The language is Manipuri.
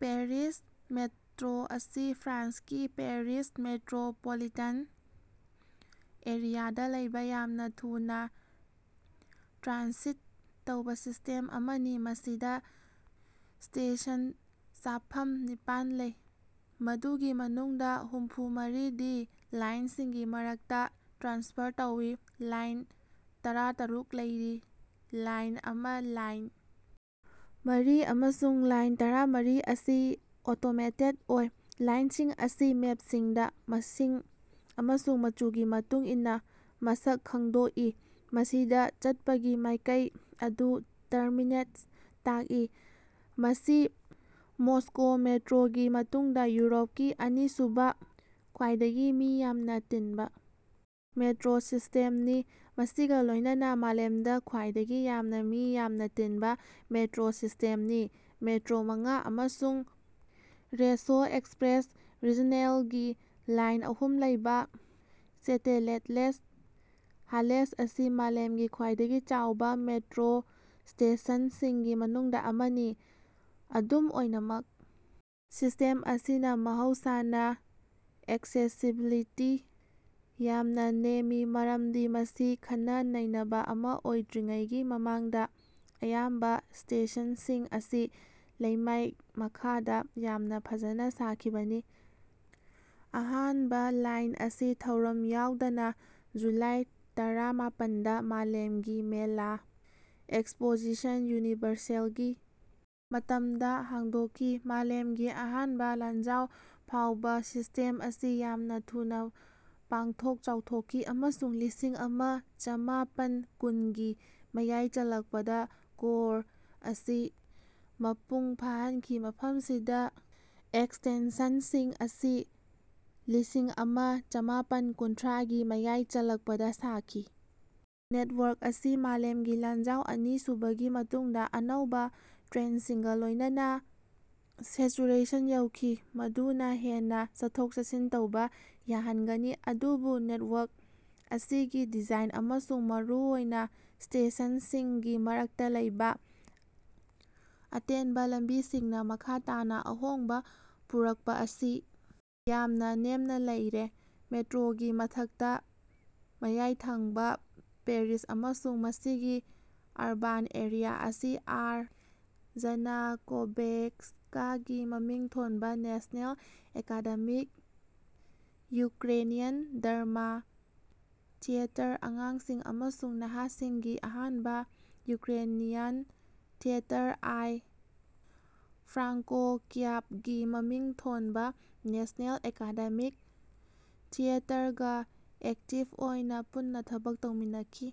ꯄꯦꯔꯤꯁ ꯃꯦꯇ꯭ꯔꯣ ꯑꯁꯤ ꯐ꯭ꯔꯥꯟꯁꯀꯤ ꯄꯦꯔꯤꯁ ꯃꯦꯇ꯭ꯔꯣꯄꯣꯂꯤꯇꯥꯟ ꯑꯦꯔꯤꯌꯥꯗ ꯂꯩꯕ ꯌꯥꯝꯅ ꯊꯨꯅꯥ ꯇ꯭ꯔꯥꯟꯁꯤꯠ ꯇꯧꯕꯥ ꯁꯤꯁ꯭ꯇꯦꯝ ꯑꯃꯅꯤ꯫ ꯃꯁꯤꯗ ꯁ꯭ꯇꯦꯁꯟ ꯆꯥꯐꯝ ꯅꯤꯄꯥꯟ ꯂꯩ ꯃꯗꯨꯒꯤ ꯃꯅꯨꯡꯗ ꯍꯨꯝꯐꯨ ꯃꯔꯤꯗꯤ ꯂꯥꯏꯟꯁꯤꯡꯒꯤ ꯃꯔꯛꯇꯥ ꯇ꯭ꯔꯥꯟꯁꯐꯔ ꯇꯧꯏ꯫ ꯂꯥꯏꯟ ꯇꯔꯥꯇꯔꯨꯛ ꯂꯩꯔꯤ꯫ ꯂꯥꯏꯟ ꯑꯃ ꯂꯥꯏꯟ ꯃꯔꯤ ꯑꯃꯁꯨꯡ ꯂꯥꯏꯟ ꯇꯔꯥꯃꯔꯤ ꯑꯁꯤ ꯑꯣꯇꯣꯃꯦꯇꯦꯗ ꯑꯣꯏ꯫ ꯂꯥꯏꯟꯁꯤꯡ ꯑꯁꯤ ꯃꯦꯞꯁꯤꯡꯗ ꯃꯁꯤꯡ ꯑꯃꯁꯨꯡ ꯃꯆꯨꯒꯤ ꯃꯇꯨꯡ ꯏꯟꯅ ꯃꯁꯛ ꯈꯪꯗꯣꯛꯏ ꯃꯁꯤꯗ ꯆꯠꯄꯒꯤ ꯃꯥꯏꯀꯩ ꯑꯗꯨ ꯇꯔꯃꯤꯅꯦꯁꯠ ꯇꯥꯛꯏ꯫ ꯃꯁꯤ ꯃꯣꯁꯀꯣ ꯃꯦꯇ꯭ꯔꯣꯒꯤ ꯃꯇꯨꯡꯗ ꯌꯨꯔꯣꯞꯀꯤ ꯑꯅꯤꯁꯨꯕ ꯈ꯭ꯋꯥꯏꯗꯒꯤ ꯃꯤ ꯌꯥꯝꯅ ꯇꯤꯟꯕ ꯃꯦꯇ꯭ꯔꯣ ꯁꯤꯁ꯭ꯇꯦꯝꯅꯤ ꯃꯁꯤꯒꯥ ꯂꯣꯏꯅꯅ ꯃꯥꯂꯦꯝꯗ ꯈ꯭ꯋꯥꯏꯗꯒꯤ ꯌꯥꯝꯅ ꯃꯤ ꯌꯥꯝꯅ ꯇꯤꯟꯕ ꯃꯦꯇ꯭ꯔꯣ ꯁꯤꯁ꯭ꯇꯦꯝꯅꯤ꯫ ꯃꯦꯇ꯭ꯔꯣ ꯃꯉꯥ ꯑꯃꯁꯨꯡ ꯔꯦꯁꯣ ꯑꯦꯛꯁꯄ꯭ꯔꯦꯁ ꯔꯤꯖꯟꯅꯦꯜꯒꯤ ꯂꯥꯏꯟ ꯑꯍꯨꯝ ꯂꯩꯕꯥ ꯆꯦꯇꯦꯂꯦꯠꯂꯦꯁ ꯍꯥꯂꯦꯁ ꯑꯁꯤ ꯃꯥꯂꯦꯝꯒꯤ ꯈ꯭ꯋꯥꯏꯗꯒꯤ ꯆꯥꯎꯕ ꯃꯦꯇ꯭ꯔꯣ ꯁ꯭ꯇꯦꯁꯟꯁꯤꯡꯒꯤ ꯃꯅꯨꯡꯗ ꯑꯃꯅꯤ꯫ ꯑꯗꯨꯝ ꯑꯣꯏꯅꯃꯛ ꯁꯤꯁ꯭ꯇꯦꯝ ꯑꯁꯤꯅ ꯃꯍꯧꯁꯥꯅ ꯑꯦꯛꯁꯦꯁꯤꯕꯤꯂꯤꯇꯤ ꯌꯥꯝꯅ ꯅꯦꯝꯃꯤ ꯃꯔꯝꯗꯤ ꯃꯁꯤ ꯈꯟꯅ ꯅꯩꯅꯕ ꯑꯃꯥ ꯑꯣꯏꯗ꯭ꯔꯤꯉꯩꯒꯤ ꯃꯃꯥꯡꯗ ꯑꯌꯥꯝꯕ ꯁ꯭ꯇꯦꯁꯟꯁꯤꯡ ꯑꯁꯤ ꯂꯩꯃꯥꯏ ꯃꯈꯥꯗ ꯌꯥꯝꯅ ꯐꯖꯅ ꯁꯥꯈꯤꯕꯅꯤ꯫ ꯑꯍꯥꯟꯕ ꯂꯥꯏꯟ ꯑꯁꯤ ꯊꯧꯔꯝ ꯌꯥꯎꯗꯅ ꯖꯨꯂꯥꯏ ꯇꯔꯥꯃꯥꯄꯟ ꯗ ꯃꯥꯂꯦꯝꯒꯤ ꯃꯦꯂꯥ ꯑꯦꯛꯁꯄꯣꯖꯤꯁꯟ ꯌꯨꯅꯤꯚꯔꯁꯦꯜꯒꯤ ꯃꯇꯝꯗ ꯍꯥꯡꯗꯣꯛꯈꯤ꯫ ꯃꯥꯂꯦꯝꯒꯤ ꯑꯍꯥꯟꯕ ꯂꯥꯟꯖꯥꯎ ꯐꯥꯎꯕ ꯁꯤꯁ꯭ꯇꯦꯝ ꯑꯁꯤ ꯌꯥꯝꯅ ꯊꯨꯅꯥ ꯄꯥꯛꯊꯣꯛ ꯆꯥꯎꯊꯣꯛꯈꯤ ꯑꯃꯁꯨꯡ ꯂꯤꯁꯤꯡ ꯑꯃ ꯆꯃꯥꯄꯟ ꯀꯨꯟꯒꯤ ꯃꯌꯥꯏ ꯆꯜꯂꯛꯄꯗ ꯀꯣꯔ ꯑꯁꯤ ꯃꯄꯨꯡ ꯐꯥꯍꯟꯈꯤ ꯃꯐꯝꯁꯤꯡꯗ ꯑꯦꯛꯁꯇꯦꯟꯁꯟꯁꯤꯡ ꯑꯁꯤ ꯂꯤꯁꯤꯡ ꯑꯃ ꯆꯃꯥꯄꯟ ꯀꯨꯟꯊ꯭ꯔꯥꯒꯤ ꯃꯌꯥꯏ ꯆꯜꯂꯛꯄꯗ ꯁꯥꯈꯤ꯫ ꯅꯦꯠꯋꯥꯔꯛ ꯑꯁꯤ ꯃꯥꯂꯦꯝꯒꯤ ꯂꯥꯟꯖꯥꯎ ꯑꯅꯤꯁꯨꯕꯒꯤ ꯃꯇꯨꯡꯗ ꯑꯅꯧꯕ ꯇ꯭ꯔꯦꯟꯁꯤꯡꯒꯥ ꯂꯣꯏꯅꯅ ꯁꯦꯆꯨꯔꯦꯁꯟ ꯌꯧꯈꯤ ꯃꯗꯨꯅ ꯍꯦꯟꯅ ꯆꯠꯊꯣꯛ ꯆꯠꯁꯤꯟ ꯇꯧꯕꯥ ꯌꯥꯍꯟꯒꯅꯤ ꯑꯗꯨꯕꯨ ꯅꯦꯠꯋꯥꯔꯛ ꯑꯁꯤꯒꯤ ꯗꯤꯖꯥꯏꯟ ꯑꯃꯁꯨꯡ ꯃꯔꯨꯑꯣꯏꯅ ꯁ꯭ꯇꯦꯁꯟꯁꯤꯡꯒꯤ ꯃꯔꯛꯇꯥ ꯂꯩꯕꯥ ꯑꯇꯦꯟꯕ ꯂꯝꯕꯤꯁꯤꯡꯅ ꯃꯈꯥ ꯇꯥꯅ ꯑꯍꯣꯡꯕ ꯄꯨꯔꯛꯄꯥ ꯑꯁꯤ ꯌꯥꯝꯅ ꯅꯦꯝꯅ ꯂꯩꯔꯦ꯫ ꯃꯦꯇ꯭ꯔꯣꯒꯤ ꯃꯊꯛꯇꯥ ꯃꯌꯥꯏꯊꯪꯕ ꯄꯦꯔꯤꯁ ꯑꯃꯁꯨꯡ ꯃꯁꯤꯒꯤ ꯑꯔꯕꯥꯟ ꯑꯦꯔꯤꯌꯥ ꯑꯁꯤ ꯑꯥꯔ ꯖꯥꯅꯀꯣꯚꯦꯠꯁ꯭ꯀꯥꯒꯤ ꯃꯃꯤꯡ ꯊꯣꯟꯕꯥ national academic Ukrainian drama theatre ꯑꯉꯥꯡꯁꯤꯡ ꯑꯃꯁꯨꯡ ꯅꯍꯥꯁꯤꯡꯒꯤ ꯑꯍꯥꯟꯕꯥ ꯌꯨꯀ꯭ꯔꯦꯅꯤꯌꯥꯟ ꯊꯤꯌꯦꯇꯔ ꯑꯥꯏ ꯐ꯭ꯔꯥꯡꯀꯣ ꯀꯤꯌꯕꯒꯤ ꯃꯃꯤꯡ ꯊꯣꯟꯕꯥ ꯅꯦꯁ꯭ꯅꯦꯜ ꯑꯦꯀꯥꯗꯦꯃꯤꯛ ꯊꯤꯌꯦꯇꯔꯒꯥ ꯑꯦꯛꯇꯤꯕ ꯑꯣꯏꯅꯥ ꯄꯨꯟꯅꯥ ꯊꯕꯛ ꯇꯧꯃꯤꯟꯅꯈꯤ꯫